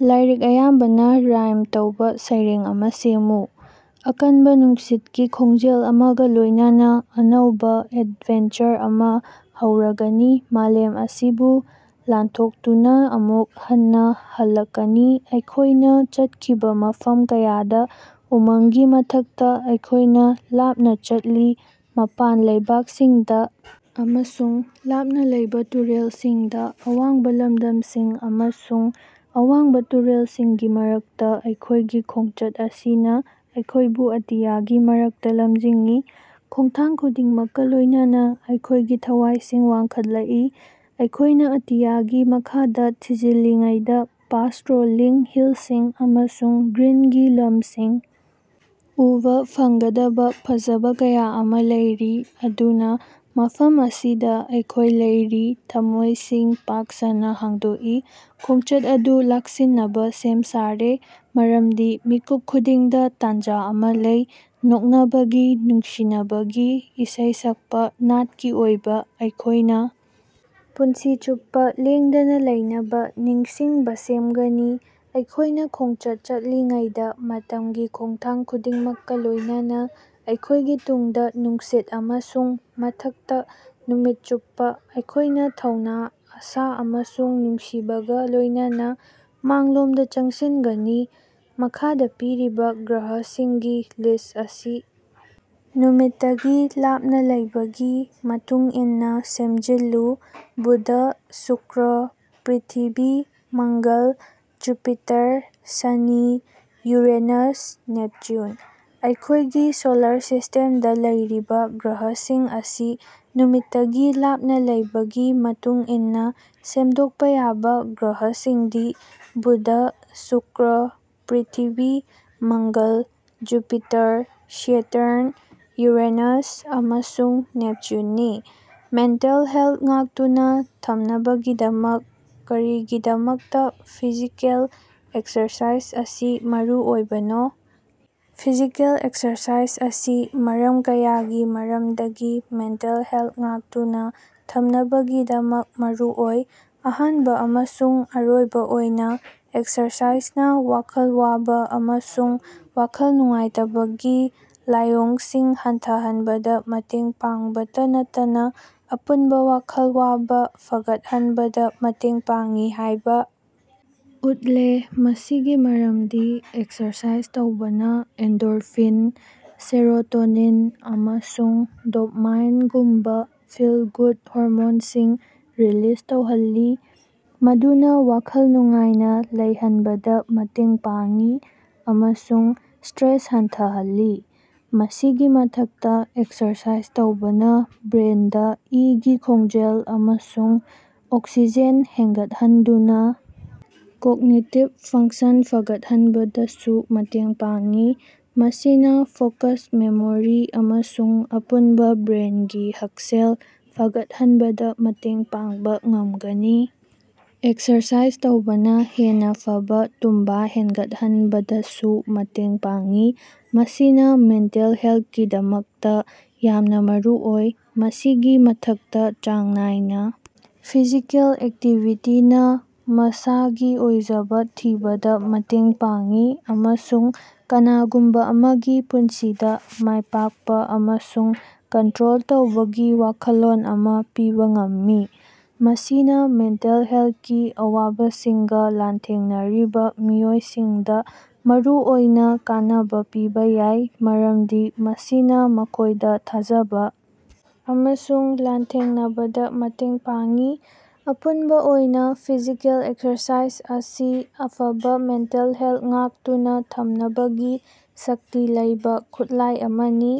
ꯂꯥꯏꯔꯤꯛ ꯑꯌꯥꯝꯕꯅ ꯔꯥꯏꯝ ꯇꯧꯕ ꯁꯩꯔꯦꯡ ꯑꯃ ꯁꯦꯝꯃꯨ꯫ ꯑꯀꯟꯕ ꯅꯨꯡꯁꯤꯠꯀꯤ ꯈꯣꯡꯖꯦꯜ ꯑꯃꯒ ꯂꯣꯏꯅꯅ, ꯑꯅꯧꯕ ꯑꯦꯗꯚꯦꯟꯆꯔ ꯑꯃ ꯍꯧꯔꯒꯅꯤ, ꯃꯥꯂꯦꯝ ꯑꯁꯤꯕꯨ ꯂꯥꯟꯊꯣꯛꯇꯨꯅ ꯑꯃꯨꯛ ꯍꯟꯅ ꯍꯜꯂꯛꯀꯅꯤ, ꯑꯩꯈꯣꯏꯅ ꯆꯠꯈꯤꯕ ꯃꯐꯝ ꯀꯌꯥꯗ꯫ ꯎꯃꯪꯒꯤ ꯃꯊꯛꯇ ꯑꯩꯈꯣꯏꯅ ꯂꯥꯞꯅ ꯆꯠꯂꯤ, ꯃꯄꯥꯟ ꯂꯩꯕꯥꯛꯁꯤꯡꯗ ꯑꯃꯁꯨꯡ ꯂꯥꯞꯅ ꯂꯩꯕ ꯇꯨꯔꯦꯜꯁꯤꯡꯗ, ꯑꯋꯥꯡꯕ ꯂꯝꯗꯝꯁꯤꯡ ꯑꯃꯁꯨꯡ ꯑꯋꯥꯡꯕ ꯇꯨꯔꯦꯜꯁꯤꯡꯒꯤ ꯃꯔꯛꯇ, ꯑꯩꯈꯣꯏꯒꯤ ꯈꯣꯡꯆꯠ ꯑꯁꯤꯅ ꯑꯩꯈꯣꯏꯕꯨ ꯑꯇꯤꯌꯥꯒꯤ ꯃꯔꯛꯇ ꯂꯝꯖꯤꯡꯏ꯫ ꯈꯣꯡꯊꯥꯡ ꯈꯨꯗꯤꯡꯃꯛꯀ ꯂꯣꯏꯅꯅ ꯑꯩꯈꯣꯏꯒꯤ ꯊꯋꯥꯏꯁꯤꯡ ꯋꯥꯡꯈꯠꯂꯛꯏ, ꯑꯩꯈꯣꯏꯅ ꯑꯇꯤꯌꯥꯒꯤ ꯃꯈꯥꯗ ꯊꯤꯖꯤꯜꯂꯤꯉꯩꯗ, ꯄꯥꯁꯠ ꯔꯣꯂꯤꯡ ꯍꯤꯜꯁꯤꯡ ꯑꯃꯁꯨꯡ ꯒ꯭ꯔꯤꯟꯒꯤ ꯂꯝꯁꯤꯡ, ꯎꯕ ꯐꯪꯒꯗꯕ ꯐꯖꯕ ꯀꯌꯥ ꯑꯃ ꯂꯩꯔꯤ꯫ ꯑꯗꯨꯅ ꯃꯐꯝ ꯑꯁꯤꯗ ꯑꯩꯈꯣꯏ ꯂꯩꯔꯤ, ꯊꯝꯃꯣꯏꯁꯤꯡ ꯄꯥꯛ ꯁꯟꯅ ꯍꯥꯡꯗꯣꯛꯏ, ꯈꯣꯡꯆꯠ ꯑꯗꯨ ꯂꯥꯛꯁꯤꯟꯅꯕ ꯁꯦꯝ ꯁꯥꯔꯦ, ꯃꯔꯝꯗꯤ ꯃꯤꯀꯨꯞ ꯈꯨꯗꯤꯡꯗ ꯇꯥꯟꯖ ꯑꯃ ꯂꯩ, ꯅꯣꯛꯅꯕꯒꯤ, ꯅꯨꯡꯁꯤꯅꯕꯒꯤ, ꯏꯁꯩ ꯁꯛꯄ, ꯅꯥꯠꯀꯤ ꯑꯣꯏꯕ꯫ ꯑꯩꯈꯣꯏꯅ ꯄꯨꯟꯁꯤ ꯆꯨꯞꯄ ꯂꯦꯡꯗꯅ ꯂꯩꯅꯕ ꯅꯤꯡꯁꯤꯡꯕ ꯁꯦꯝꯒꯅꯤ, ꯑꯩꯈꯣꯏꯅ ꯈꯣꯡꯆꯠ ꯆꯠꯂꯤꯉꯩꯗ, ꯃꯇꯝꯒꯤ ꯈꯣꯡꯊꯥꯡ ꯈꯨꯗꯤꯡꯃꯛꯀ ꯂꯣꯏꯅꯅ, ꯑꯩꯈꯣꯏꯒꯤ ꯇꯨꯡꯗ ꯅꯨꯡꯁꯤꯠ ꯑꯃꯁꯨꯡ ꯃꯊꯛꯇ ꯅꯨꯃꯤꯠ ꯆꯨꯞꯄ, ꯑꯩꯈꯣꯏꯅ ꯊꯧꯅ, ꯑꯥꯁꯥ ꯑꯃꯁꯨꯡ ꯅꯨꯡꯁꯤꯕꯒ ꯂꯣꯏꯅꯅ ꯃꯥꯡꯂꯣꯝꯗ ꯆꯪꯁꯤꯟꯒꯅꯤ꯫ ꯃꯈꯥꯗ ꯄꯤꯔꯤꯕ ꯒ꯭ꯔꯍꯁꯤꯡꯒꯤ ꯂꯤꯁ꯭ꯠ ꯑꯁꯤ ꯅꯨꯃꯤꯠꯇꯒꯤ ꯂꯥꯞꯅ ꯂꯩꯕꯒꯤ ꯃꯇꯨꯡ ꯏꯟꯅ ꯁꯦꯝꯖꯤꯜꯂꯨ꯫ Budh, Shukra, Prithvi, Mangal, Jupiter, Shani, Uranus, Neptune. ꯑꯩꯈꯣꯏꯒꯤ ꯁꯣꯂꯥꯔ ꯁꯤꯁ꯭ꯇꯦꯝꯗ ꯂꯩꯔꯤꯕ ꯒ꯭ꯔꯍꯁꯤꯡ ꯑꯁꯤ ꯅꯨꯃꯤꯠꯇꯒꯤ ꯂꯥꯞꯅ ꯂꯩꯕꯒꯤ ꯃꯇꯨꯡ ꯏꯟꯅ ꯁꯦꯝꯗꯣꯛꯄ ꯌꯥꯕ ꯒ꯭ꯔꯍꯁꯤꯡꯗꯤ: Buddha, Shukra, Prithvi, Mangal, Jupiter, Saturn, Uranus ꯑꯃꯁꯨꯡ ꯅꯦꯞꯆꯨꯟꯅꯤ꯫ ꯃꯦꯟꯇꯦꯜ ꯍꯦꯜꯊ ꯉꯥꯛꯇꯨꯅ ꯊꯝꯅꯕꯒꯤꯗꯃꯛ ꯀꯔꯤꯒꯤꯗꯃꯛꯇ ꯐꯤꯖꯤꯀꯦꯜ ꯑꯦꯛꯁꯔꯁꯥꯏꯖ ꯑꯁꯤ ꯃꯔꯨꯑꯣꯏꯕꯅꯣ? ꯐꯤꯖꯤꯀꯦꯜ ꯑꯦꯛꯁꯔꯁꯥꯏꯖ ꯑꯁꯤ ꯃꯔꯝ ꯀꯌꯥꯒꯤ ꯃꯔꯝꯗꯒꯤ ꯃꯦꯟꯇꯦꯜ ꯍꯦꯜꯊ ꯉꯥꯛꯇꯨꯅ ꯊꯝꯅꯕꯒꯤꯗꯃꯛ ꯃꯔꯨꯑꯣꯏ꯫ ꯑꯍꯥꯟꯕ ꯑꯃꯁꯨꯡ ꯑꯔꯣꯏꯕ ꯑꯣꯏꯅ, ꯑꯦꯛꯁꯔꯁꯥꯏꯖꯅ ꯋꯥꯈꯜ ꯋꯥꯕ ꯑꯃꯁꯨꯡ ꯋꯥꯈꯜ ꯅꯨꯡꯉꯥꯏꯇꯕꯒꯤ ꯂꯥꯏꯑꯣꯡꯁꯤꯡ ꯍꯟꯊꯍꯟꯕꯗ ꯃꯇꯦꯡ ꯄꯥꯡꯕꯇ ꯅꯠꯇꯅ ꯑꯄꯨꯟꯕ ꯋꯥꯈꯜ ꯋꯥꯕ ꯐꯒꯠꯍꯟꯕꯗ ꯃꯇꯦꯡ ꯄꯥꯡꯏ ꯍꯥꯏꯕ ꯎꯠꯂꯦ꯫ ꯃꯁꯤꯒꯤ ꯃꯔꯝꯗꯤ ꯑꯦꯛꯁꯔꯁꯥꯏꯖ ꯇꯧꯕꯅ ꯑꯦꯟꯗꯣꯔꯐꯤꯟ, ꯁꯦꯔꯣꯇꯣꯅꯤꯟ, ꯑꯃꯁꯨꯡ ꯗꯣꯄꯃꯥꯏꯟꯒꯨꯝꯕ ꯐꯤꯜ ꯒꯨꯗ ꯍꯣꯔꯃꯣꯟꯁꯤꯡ ꯔꯤꯂꯤꯖ ꯇꯧꯍꯜꯂꯤ, ꯃꯗꯨꯅ ꯋꯥꯈꯜ ꯅꯨꯡꯉꯥꯏꯅ ꯂꯩꯍꯟꯕꯗ ꯃꯇꯦꯡ ꯄꯥꯡꯏ ꯑꯃꯁꯨꯡ ꯁ꯭ꯇꯔꯦꯁ ꯍꯟꯊꯍꯜꯂꯤ꯫ ꯃꯁꯤꯒꯤ ꯃꯊꯛꯇ, ꯑꯦꯛꯁꯔꯁꯥꯏꯖ ꯇꯧꯕꯅ ꯕ꯭ꯔꯦꯟꯗ ꯏ-ꯒꯤ ꯈꯣꯡꯖꯦꯜ ꯑꯃꯁꯨꯡ ꯑꯣꯛꯁꯤꯖꯦꯟ ꯍꯦꯟꯒꯠꯍꯟꯗꯨꯅ ꯀꯣꯛꯅꯤꯇꯤꯚ ꯐꯪꯁꯟ ꯐꯒꯠꯍꯟꯕꯗꯁꯨ ꯃꯇꯦꯡ ꯄꯥꯡꯏ꯫ ꯃꯁꯤꯅ ꯐꯣꯀꯁ, ꯃꯦꯃꯣꯔꯤ ꯑꯃꯁꯨꯡ ꯑꯄꯨꯟꯕ ꯕ꯭ꯔꯦꯟꯒꯤ ꯍꯛꯁꯦꯜ ꯐꯒꯠꯍꯟꯕꯗ ꯃꯇꯦꯡ ꯄꯥꯡꯕ ꯉꯝꯒꯅꯤ꯫ ꯑꯦꯛꯁꯔꯁꯥꯏꯖ ꯇꯧꯕꯅ ꯍꯦꯟꯅ ꯐꯕ ꯇꯨꯝꯕ ꯍꯦꯟꯒꯠꯍꯟꯕꯗꯁꯨ ꯃꯇꯦꯡ ꯄꯥꯡꯏ, ꯃꯁꯤꯅ ꯃꯦꯟꯇꯦꯜ ꯍꯦꯜꯊꯀꯤꯗꯃꯛꯇ ꯌꯥꯝꯅ ꯃꯔꯨꯑꯣꯏ꯫ ꯃꯁꯤꯒꯤ ꯃꯊꯛꯇ, ꯆꯥꯡ ꯅꯥꯏꯅ ꯐꯤꯖꯤꯀꯦꯜ ꯑꯦꯛꯇꯤꯚꯤꯇꯤꯅ ꯃꯁꯥꯒꯤ ꯑꯣꯏꯖꯕ ꯊꯤꯕꯗ ꯃꯇꯦꯡ ꯄꯥꯡꯏ, ꯑꯃꯁꯨꯡ ꯀꯅꯥꯒꯨꯝꯕ ꯑꯃꯒꯤ ꯄꯨꯟꯁꯤꯗ ꯃꯥꯏꯄꯥꯛꯄ ꯑꯃꯁꯨꯡ ꯀꯟꯇ꯭ꯔꯣꯜ ꯇꯧꯕꯒꯤ ꯋꯥꯈꯜꯂꯣꯟ ꯑꯃ ꯄꯤꯕ ꯉꯝꯃꯤ꯫ ꯃꯁꯤꯅ ꯃꯦꯟꯇꯦꯜ ꯍꯦꯜꯊꯀꯤ ꯑꯋꯥꯕꯁꯤꯡꯒ ꯂꯥꯟꯊꯦꯡꯅꯔꯤꯕ ꯃꯤꯑꯣꯏꯁꯤꯡꯗ ꯃꯔꯨꯑꯣꯏꯅ ꯀꯥꯟꯅꯕ ꯄꯤꯕ ꯌꯥꯏ, ꯃꯔꯝꯗꯤ ꯃꯁꯤꯅ ꯃꯈꯣꯏꯗ ꯊꯥꯖꯕ ꯑꯃꯁꯨꯡ ꯂꯥꯟꯊꯦꯡꯅꯕꯗ ꯃꯇꯦꯡ ꯄꯥꯡꯏ꯫ ꯑꯄꯨꯟꯕ ꯑꯣꯏꯅ ꯐꯤꯖꯤꯀꯦꯜ ꯑꯦꯛꯁꯔꯁꯥꯏꯖ ꯑꯁꯤ ꯑꯐꯕ ꯃꯦꯟꯇꯦꯜ ꯍꯦꯜꯊ ꯉꯥꯛꯇꯨꯅ ꯊꯝꯅꯕꯒꯤ ꯁꯛꯇꯤ ꯂꯩꯕ ꯈꯨꯠꯂꯥꯏ ꯑꯃꯅꯤ꯫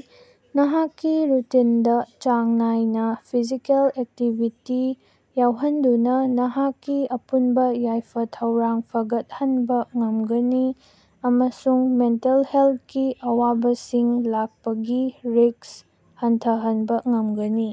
ꯅꯍꯥꯛꯀꯤ ꯔꯨꯇꯤꯟꯗ ꯆꯥꯡ ꯅꯥꯏꯅ ꯐꯤꯖꯤꯀꯦꯜ ꯑꯦꯛꯇꯤꯚꯤꯇꯤ ꯌꯥꯎꯍꯟꯗꯨꯅ, ꯅꯍꯥꯛꯀꯤ ꯑꯄꯨꯟꯕ ꯌꯥꯏꯐ-ꯊꯧꯔꯥꯡ ꯐꯒꯠꯍꯟꯕ ꯉꯝꯒꯅꯤ ꯑꯃꯁꯨꯡ ꯃꯦꯟꯇꯦꯜ ꯍꯦꯜꯊꯀꯤ ꯑꯋꯥꯕꯁꯤꯡ ꯂꯥꯛꯄꯒꯤ ꯔꯤꯁ꯭ꯛ ꯍꯟꯊꯍꯟꯕ ꯉꯝꯒꯅꯤ꯫